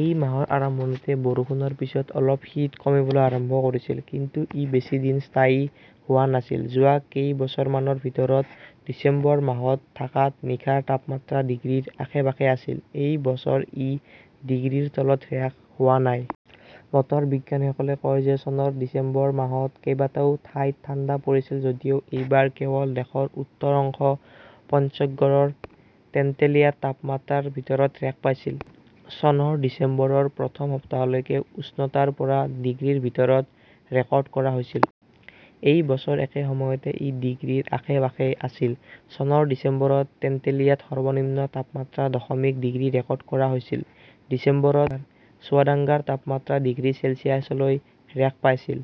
এই মাহৰ আৰম্ভণিতে বৰষুণৰ পিছত অলপ শীত কমিবলৈ আৰম্ভ কৰিছিল। কিন্তু ই বেছি দিন স্থায়ী হোৱা নাছিল। যোৱা কেইবছৰমানৰ ভিতৰত ডিচেম্বৰ মাহত ঢাকাত নিশাৰ তাপমাত্ৰা ডিগ্ৰীৰ আশে-পাশে আছিল। এই বছৰ ই ডিগ্ৰীৰ তলত হ্ৰাস হোৱা নাই। বতৰ বিজ্ঞানীসকলে কয় যে চনৰ ডিচেম্বৰ মাহত কেইবাটাও ঠাইত ঠাণ্ডা পৰিছিল যদিও এইবাৰ কেৱল দেশৰ উত্তৰ অংশ পঞ্চগড়ৰ তেন্তুলিয়াত তাপমাত্ৰা ৰ ভিতৰত হ্ৰাস পাইছিল। চনৰ ডিচেম্বৰৰ প্ৰথম সপ্তাহলৈকে উষ্ণতা ৰ পৰা ডিগ্ৰীৰ ভিতৰত ৰেকৰ্ড কৰা হৈছিল। এই বছৰ একে সময়তে ই ডিগ্ৰীৰ আশে-পাশে আছিল। চনৰ ডিচেম্বৰত তেন্তুলিয়াত সৰ্বনিম্ন তাপমাত্ৰা দশমিক ডিগ্ৰী ৰেকৰ্ড কৰা হৈছিল; ডিচেম্বৰত চুৱাদাংগাৰ তাপমাত্ৰা ডিগ্ৰী চেলছিয়াছলৈ হ্ৰাস পাইছিল।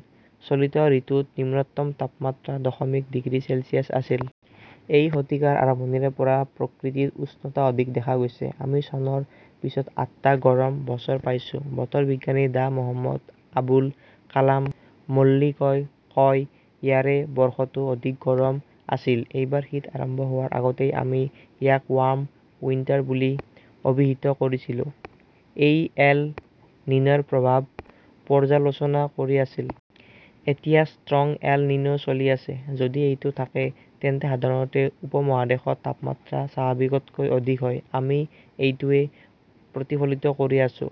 চলিত ঋতুত নিম্নতম তাপমাত্ৰা দশমিক ডিগ্ৰী চেলছিয়াছ আছিল। এই শতিকাৰ আৰম্ভণিৰে পৰা প্ৰকৃতিত উষ্ণতা অধিক দেখা গৈছে। আমি চনৰ পিছত আঠটা গৰম বছৰ পাইছো ", বতৰ বিজ্ঞানী ডাঃ মহম্মদ আবুল কালাম মল্লিকই কয়। ইয়াৰে বৰ্ষটো অধিক গৰম আছিল। এইবাৰ শীত আৰম্ভ হোৱাৰ আগতেই আমি ইয়াক ৱাৰ্ম উইণ্টাৰ বুলি অভিহিত কৰিছিলো; ই এল নিন "ৰ প্ৰভাৱ পৰ্যালোচনা কৰি আছিল। এতিয়া ষ্ট্ৰং এল নিনো চলি আছে। যদি এইটো থাকে তেন্তে সাধাৰণতে উপমহাদেশত তাপমাত্ৰা স্বাভাৱিকতকৈ অধিক হয়, আমি এইটোৱেই প্ৰতিফলিত কৰি আছো।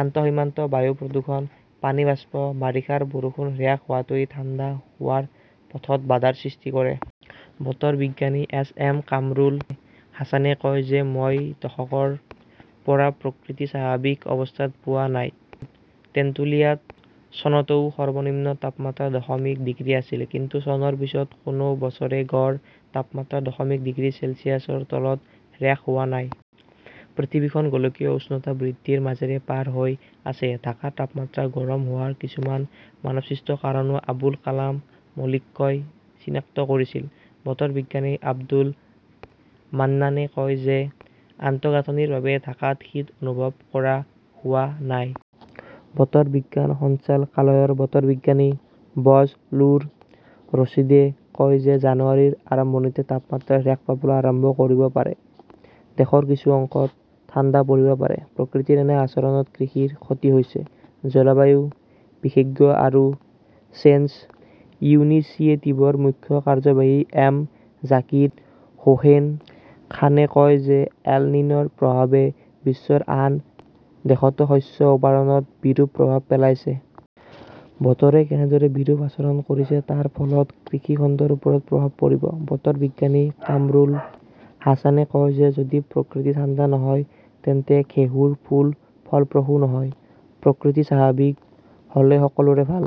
আন্তঃসীমান্ত বায়ু প্ৰদূষণ, পানীৰ বাষ্প, বাৰিষাৰ বৰষুণ হ্ৰাস হোৱাটোৱে ঠাণ্ডা হোৱাৰ পথত বাধাৰ সৃষ্টি কৰে। বতৰ বিজ্ঞানী এছ এম কামৰুল হাছানে কয় যে মই ৰ দশকৰ পৰা প্ৰকৃতি স্বাভাৱিক অৱস্থাত পোৱা নাই। টেন্টুলিয়াত চনতও সৰ্বনিম্ন তাপমাত্ৰা দশমিক ডিগ্ৰী আছিল। কিন্তু চনৰ পিছত কোনো বছৰে গড় তাপমাত্ৰা দশমিক ডিগ্ৰী চেলছিয়াছৰ তলত হ্ৰাস হোৱা নাই। পৃথিৱীখন গোলকীয় উষ্ণতা বৃদ্ধিৰ মাজেৰে পাৰ হৈ আছে। ঢাকাৰ তাপমাত্ৰা গৰম হোৱাৰ কিছুমান মানৱসৃষ্ট কাৰণও আবুল কালাম মল্লিকই চিনাক্ত কৰিছিল। বতৰ বিজ্ঞানী আব্দুল মান্নানে কয় যে আন্তঃগাঁথনিৰ বাবে ঢাকাত শীত অনুভৱ কৰা হোৱা নাই। বতৰ বিজ্ঞান সঞ্চালকালয়ৰ বতৰ বিজ্ঞানী বজলুৰ ৰছিদে কয় যে জানুৱাৰীৰ আৰম্ভণিতে তাপমাত্ৰা হ্ৰাস পাবলৈ আৰম্ভ কৰিব পাৰে। দেশৰ কিছু অংশত ঠাণ্ডা পৰিব পাৰে। প্ৰকৃতিৰ এনে আচৰণত কৃষিৰ ক্ষতি হৈছে। জলবায়ু বিশেষজ্ঞ আৰু চেঞ্জ ইনিচিয়েটিভৰ মুখ্য কাৰ্যবাহী এম জাকিৰ হোসেন খানে কয় যে এল নিন "ৰ প্ৰভাৱে বিশ্বৰ আন দেশতো শস্য উৎপাদনত বিৰূপ প্ৰভাৱ পেলাইছে। বতৰে কেনেদৰে বিৰূপ আচৰণ কৰিছে তাৰ ফলত কৃষি খণ্ডৰ ওপৰত প্ৰভাৱ পৰিব। বতৰ বিজ্ঞানী কামৰুল হাছানে কয় যে যদি প্ৰকৃতি ঠাণ্ডা নহয় তেন্তে ঘেঁহুৰ ফুল ফলপ্ৰসূ নহয়। প্ৰকৃতি স্বাভাৱিক হ "লে সকলোৰে ভাল।